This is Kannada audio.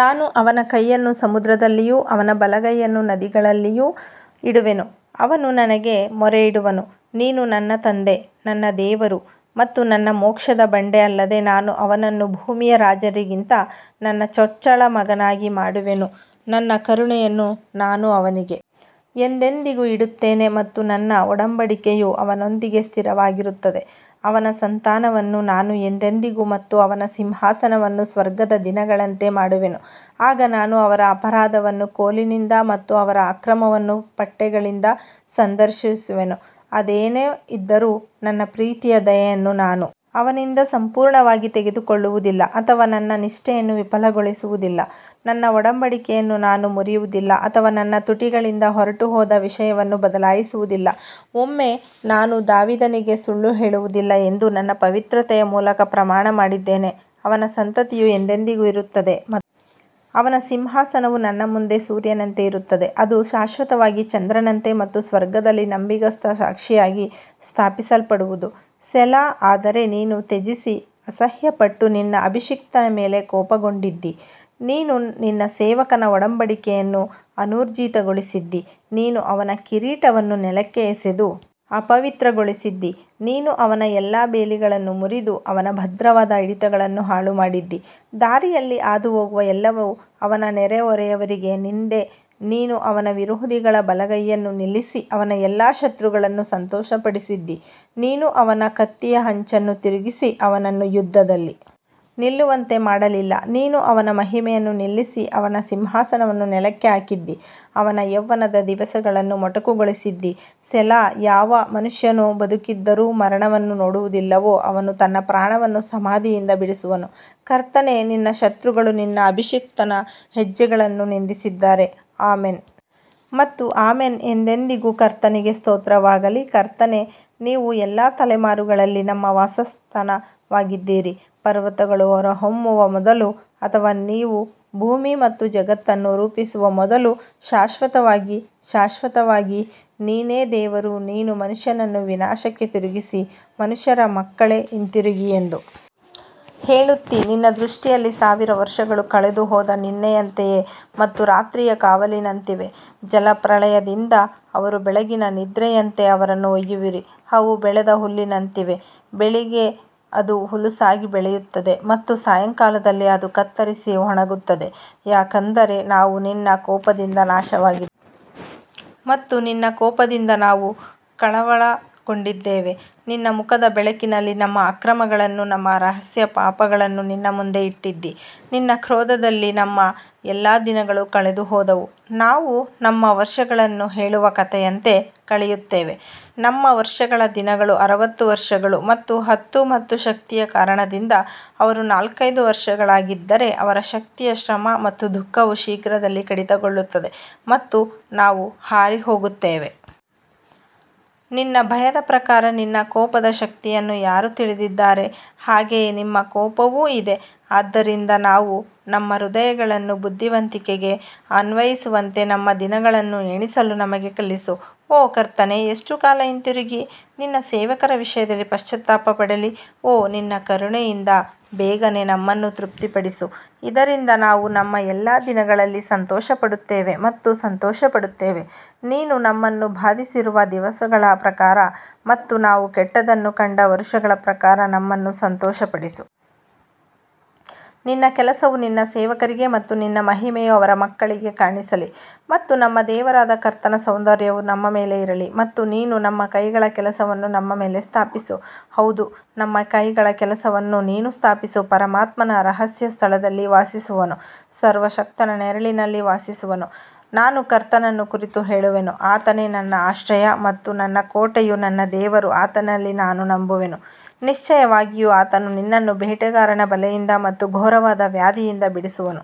ನಾನು ಅವನ ಕೈಯನ್ನು ಸಮುದ್ರದಲ್ಲಿಯೂ ಅವನ ಬಲಗೈಯನ್ನು ನದಿಗಳಲ್ಲಿಯೂ ಇಡುವೆನು ಅವನು ನನಗೆ ಮೊರೆಯಿಡುವನು, ನೀನು ನನ್ನ ತಂದೆ ನನ್ನ ದೇವರು ಮತ್ತು ನನ್ನ ಮೋಕ್ಷದ ಬಂಡೆ ಅಲ್ಲದೆ ನಾನು ಅವನನ್ನು ಭೂಮಿಯ ರಾಜರಿಗಿಂತ ನನ್ನ ಚೊಚ್ಚಲ ಮಗನಾಗಿ ಮಾಡುವೆನು ನನ್ನ ಕರುಣೆಯನ್ನು ನಾನು ಅವನಿಗೆ ಎಂದೆಂದಿಗೂ ಇಡುತ್ತೇನೆ ಮತ್ತು ನನ್ನ ಒಡಂಬಡಿಕೆಯು ಅವನೊಂದಿಗೆ ಸ್ಥಿರವಾಗಿರುತ್ತದೆ ಅವನ ಸಂತಾನವನ್ನು ನಾನು ಎಂದೆಂದಿಗೂ ಮತ್ತು ಅವನ ಸಿಂಹಾಸನವನ್ನು ಸ್ವರ್ಗದ ದಿನಗಳಂತೆ ಮಾಡುವೆನು ಆಗ ನಾನು ಅವರ ಅಪರಾಧವನ್ನು ಕೋಲಿನಿಂದ ಮತ್ತು ಅವರ ಅಕ್ರಮವನ್ನು ಪಟ್ಟೆಗಳಿಂದ ಸಂದರ್ಶಿಸುವೆನು ಅದೇನೇ ಇದ್ದರೂ, ನನ್ನ ಪ್ರೀತಿಯ ದಯೆಯನ್ನು ನಾನು ಅವನಿಂದ ಸಂಪೂರ್ಣವಾಗಿ ತೆಗೆದುಕೊಳ್ಳುವುದಿಲ್ಲ ಅಥವಾ ನನ್ನ ನಿಷ್ಠೆಯನ್ನು ವಿಫಲಗೊಳಿಸುವುದಿಲ್ಲ ನನ್ನ ಒಡಂಬಡಿಕೆಯನ್ನು ನಾನು ಮುರಿಯುವುದಿಲ್ಲ ಅಥವಾ ನನ್ನ ತುಟಿಗಳಿಂದ ಹೊರಟುಹೋದ ವಿಷಯವನ್ನು ಬದಲಾಯಿಸುವುದಿಲ್ಲ ಒಮ್ಮೆ ನಾನು ದಾವೀದನಿಗೆ ಸುಳ್ಳು ಹೇಳುವುದಿಲ್ಲ ಎಂದು ನನ್ನ ಪವಿತ್ರತೆಯ ಮೂಲಕ ಪ್ರಮಾಣ ಮಾಡಿದ್ದೇನೆ ಅವನ ಸಂತತಿಯು ಎಂದೆಂದಿಗೂ ಇರುತ್ತದೆ ಮತ್ತು ಅವನ ಸಿಂಹಾಸನವು ನನ್ನ ಮುಂದೆ ಸೂರ್ಯನಂತೆ ಇರುತ್ತದೆ ಅದು ಶಾಶ್ವತವಾಗಿ ಚಂದ್ರನಂತೆ ಮತ್ತು ಸ್ವರ್ಗದಲ್ಲಿ ನಂಬಿಗಸ್ತ ಸಾಕ್ಷಿಯಾಗಿ ಸ್ಥಾಪಿಸಲ್ಪಡುವುದು ಸೆಲಾ ಆದರೆ ನೀನು ತ್ಯಜಿಸಿ ಅಸಹ್ಯಪಟ್ಟು ನಿನ್ನ ಅಭಿಷಿಕ್ತನ ಮೇಲೆ ಕೋಪಗೊಂಡಿದ್ದೀ ನೀನು ನಿನ್ನ ಸೇವಕನ ಒಡಂಬಡಿಕೆಯನ್ನು ಅನೂರ್ಜಿತಗೊಳಿಸಿದ್ದೀ, ನೀನು ಅವನ ಕಿರೀಟವನ್ನು ನೆಲಕ್ಕೆ ಎಸೆದು ಅಪವಿತ್ರಗೊಳಿಸಿದ್ದೀ ನೀನು ಅವನ ಎಲ್ಲಾ ಬೇಲಿಗಳನ್ನು ಮುರಿದು ಅವನ ಭದ್ರವಾದ ಹಿಡಿತಗಳನ್ನು ಹಾಳುಮಾಡಿದ್ದೀ ದಾರಿಯಲ್ಲಿ ಹಾದು ಹೋಗುವ ಎಲ್ಲವೂ ಅವನ ನೆರೆಹೊರೆಯವರಿಗೆ ನಿಂದೆ ನೀನು ಅವನ ವಿರೋಧಿಗಳ ಬಲಗೈಯನ್ನು ನಿಲ್ಲಿಸಿ ಅವನ ಎಲ್ಲಾ ಶತ್ರುಗಳನ್ನು ಸಂತೋಷಪಡಿಸಿದ್ದೀ ನೀನು ಅವನ ಕತ್ತಿಯ ಅಂಚನ್ನು ತಿರುಗಿಸಿ ಅವನನ್ನು ಯುದ್ಧದಲ್ಲಿ ನಿಲ್ಲುವಂತೆ ಮಾಡಲಿಲ್ಲ ನೀನು ಅವನ ಮಹಿಮೆಯನ್ನು ನಿಲ್ಲಿಸಿ ಅವನ ಸಿಂಹಾಸನವನ್ನು ನೆಲಕ್ಕೆ ಹಾಕಿದ್ದೀ ಅವನ ಯೌವನದ ದಿವಸಗಳನ್ನು ಮೊಟಕುಗೊಳಿಸಿದ್ದೀ ಸೆಲಾ ಯಾವ ಮನುಷ್ಯನು ಬದುಕಿದ್ದರೂ ಮರಣವನ್ನು ನೋಡುವುದಿಲ್ಲವೋ ಅವನು ತನ್ನ ಪ್ರಾಣವನ್ನು ಸಮಾಧಿಯಿಂದ ಬಿಡಿಸುವನು ಕರ್ತನೇ ನಿನ್ನ ಶತ್ರುಗಳು ನಿನ್ನ ಅಭಿಷಕ್ತನ ಹೆಜ್ಜೆಗಳನ್ನು ನಿಂದಿಸಿದ್ದಾರೆ ಆಮೆನ್ ಮತ್ತು ಆಮೆನ್ ಎಂದೆಂದಿಗೂ ಕರ್ತನಿಗೆ ಸ್ತೋತ್ರವಾಗಲಿ ಕರ್ತನೇ, ನೀವು ಎಲ್ಲಾ ತಲೆಮಾರುಗಳಲ್ಲಿ ನಮ್ಮ ವಾಸಸ್ಥಾನವಾಗಿದ್ದೀರಿ ಪರ್ವತಗಳು ಹೊರಹೊಮ್ಮುವ ಮೊದಲು ಅಥವಾ ನೀವು ಭೂಮಿ ಮತ್ತು ಜಗತ್ತನ್ನು ರೂಪಿಸುವ ಮೊದಲು ಶಾಶ್ವತವಾಗಿ ಶಾಶ್ವತವಾಗಿ ನೀನೇ ದೇವರು ನೀನು ಮನುಷ್ಯನನ್ನು ವಿನಾಶಕ್ಕೆ ತಿರುಗಿಸಿ ಮನುಷ್ಯರ ಮಕ್ಕಳೇ ಹಿಂತಿರುಗಿ ಎಂದು ಹೇಳುತ್ತೀ ನಿನ್ನ ದೃಷ್ಟಿಯಲ್ಲಿ ಸಾವಿರ ವರ್ಷಗಳು ಕಳೆದುಹೋದ ನಿನ್ನೆಯಂತೆಯೇ ಮತ್ತು ರಾತ್ರಿಯ ಕಾವಲಿನಂತಿವೆ ಜಲಪ್ರಳಯದಿಂದ ಅವರು ಬೆಳಗಿನ ನಿದ್ರೆಯಂತೆ ಅವರನ್ನು ಒಯ್ಯುವಿರಿ, ಅವು ಬೆಳೆದ ಹುಲ್ಲಿನಂತಿವೆ ಬೆಳಿಗ್ಗೆ ಅದು ಹುಲುಸಾಗಿ ಬೆಳೆಯುತ್ತದೆ ಮತ್ತು ಸಾಯಂಕಾಲದಲ್ಲಿ ಅದು ಕತ್ತರಿಸಿ ಒಣಗುತ್ತದೆ ಯಾಕಂದರೆ ನಾವು ನಿನ್ನ ಕೋಪದಿಂದ ನಾಶವಾಗಿದ್ದೇವೆ ಮತ್ತು ನಿನ್ನ ಕೋಪದಿಂದ ನಾವು ಕಳವಳಗೊಂಡಿದ್ದೇವೆ ನಿನ್ನ ಮುಖದ ಬೆಳಕಿನಲ್ಲಿ ನಮ್ಮ ಅಕ್ರಮಗಳನ್ನು ನಮ್ಮ ರಹಸ್ಯ ಪಾಪಗಳನ್ನು ನಿನ್ನ ಮುಂದೆ ಇಟ್ಟಿದ್ದೀ ನಿನ್ನ ಕ್ರೋಧದಲ್ಲಿ ನಮ್ಮ ಎಲ್ಲಾ ದಿನಗಳು ಕಳೆದುಹೋದವು, ನಾವು ನಮ್ಮ ವರ್ಷಗಳನ್ನು ಹೇಳುವ ಕಥೆಯಂತೆ ಕಳೆಯುತ್ತೇವೆ ನಮ್ಮ ವರ್ಷಗಳ ದಿನಗಳು ಅರವತ್ತು ವರ್ಷಗಳು ಮತ್ತು ಹತ್ತು ಮತ್ತು ಶಕ್ತಿಯ ಕಾರಣದಿಂದ ಅವರು ನಾಲ್ಕೈದು ವರ್ಷಗಳಾಗಿದ್ದರೆ ಅವರ ಶಕ್ತಿಯ ಶ್ರಮ ಮತ್ತು ದುಃಖವು ಶೀಘ್ರದಲ್ಲೇ ಕಡಿತಗೊಳ್ಳುತ್ತದೆ ಮತ್ತು ನಾವು ಹಾರಿಹೋಗುತ್ತೇವೆ. ನಿನ್ನ ಭಯದ ಪ್ರಕಾರ ನಿನ್ನ ಕೋಪದ ಶಕ್ತಿಯನ್ನು ಯಾರು ತಿಳಿದಿದ್ದಾರೆ, ಹಾಗೆಯೇ ನಿಮ್ಮ ಕೋಪವೂ ಇದೆ ಆದ್ದರಿಂದ ನಾವು ನಮ್ಮ ಹೃದಯಗಳನ್ನು ಬುದ್ಧಿವಂತಿಕೆಗೆ ಅನ್ವಯಿಸುವಂತೆ ನಮ್ಮ ದಿನಗಳನ್ನು ಎಣಿಸಲು ನಮಗೆ ಕಲಿಸು ಓ ಕರ್ತನೇ ಎಷ್ಟು ಕಾಲ ಹಿಂತಿರುಗಿ ನಿನ್ನ ಸೇವಕರ ವಿಷಯದಲ್ಲಿ ಪಶ್ಚಾತ್ತಾಪ ಪಡಲಿ ಓ ನಿನ್ನ ಕರುಣೆಯಿಂದ ಬೇಗನೆ ನಮ್ಮನ್ನು ತೃಪ್ತಿಪಡಿಸು, ಇದರಿಂದ ನಾವು ನಮ್ಮ ಎಲ್ಲಾ ದಿನಗಳಲ್ಲಿ ಸಂತೋಷಪಡುತ್ತೇವೆ ಮತ್ತು ಸಂತೋಷಪಡುತ್ತೇವೆ ನೀನು ನಮ್ಮನ್ನು ಬಾಧಿಸಿರುವ ದಿವಸಗಳ ಪ್ರಕಾರ ಮತ್ತು ನಾವು ಕೆಟ್ಟದ್ದನ್ನು ಕಂಡ ವರುಷಗಳ ಪ್ರಕಾರ ನಮ್ಮನ್ನು ಸಂತೋಷಪಡಿಸು. ನಿನ್ನ ಕೆಲಸವು ನಿನ್ನ ಸೇವಕರಿಗೆ ಮತ್ತು ನಿನ್ನ ಮಹಿಮೆಯು ಅವರ ಮಕ್ಕಳಿಗೆ ಕಾಣಿಸಲಿ ಮತ್ತು ನಮ್ಮ ದೇವರಾದ ಕರ್ತನ ಸೌಂದರ್ಯವು ನಮ್ಮ ಮೇಲೆ ಇರಲಿ ಮತ್ತು ನೀನು ನಮ್ಮ ಕೈಗಳ ಕೆಲಸವನ್ನು ನಮ್ಮ ಮೇಲೆ ಸ್ಥಾಪಿಸು, ಹೌದು ನಮ್ಮ ಕೈಗಳ ಕೆಲಸವನ್ನು ನೀನು ಸ್ಥಾಪಿಸು ಪರಮಾತ್ಮನ ರಹಸ್ಯ ಸ್ಥಳದಲ್ಲಿ ವಾಸಿಸುವವನು ಸರ್ವಶಕ್ತನ ನೆರಳಿನಲ್ಲಿ ವಾಸಿಸುವನು ನಾನು ಕರ್ತನನ್ನು ಕುರಿತು ಹೇಳುವೆನು ಆತನೇ ನನ್ನ ಆಶ್ರಯ ಮತ್ತು ನನ್ನ ಕೋಟೆಯು ನನ್ನ ದೇವರು ಆತನಲ್ಲಿ ನಾನು ನಂಬುವೆನು ನಿಶ್ಚಯವಾಗಿಯೂ ಆತನು ನಿನ್ನನ್ನು ಬೇಟೆಗಾರನ ಬಲೆಯಿಂದ ಮತ್ತು ಘೋರವಾದ ವ್ಯಾಧಿಯಿಂದ ಬಿಡಿಸುವನು.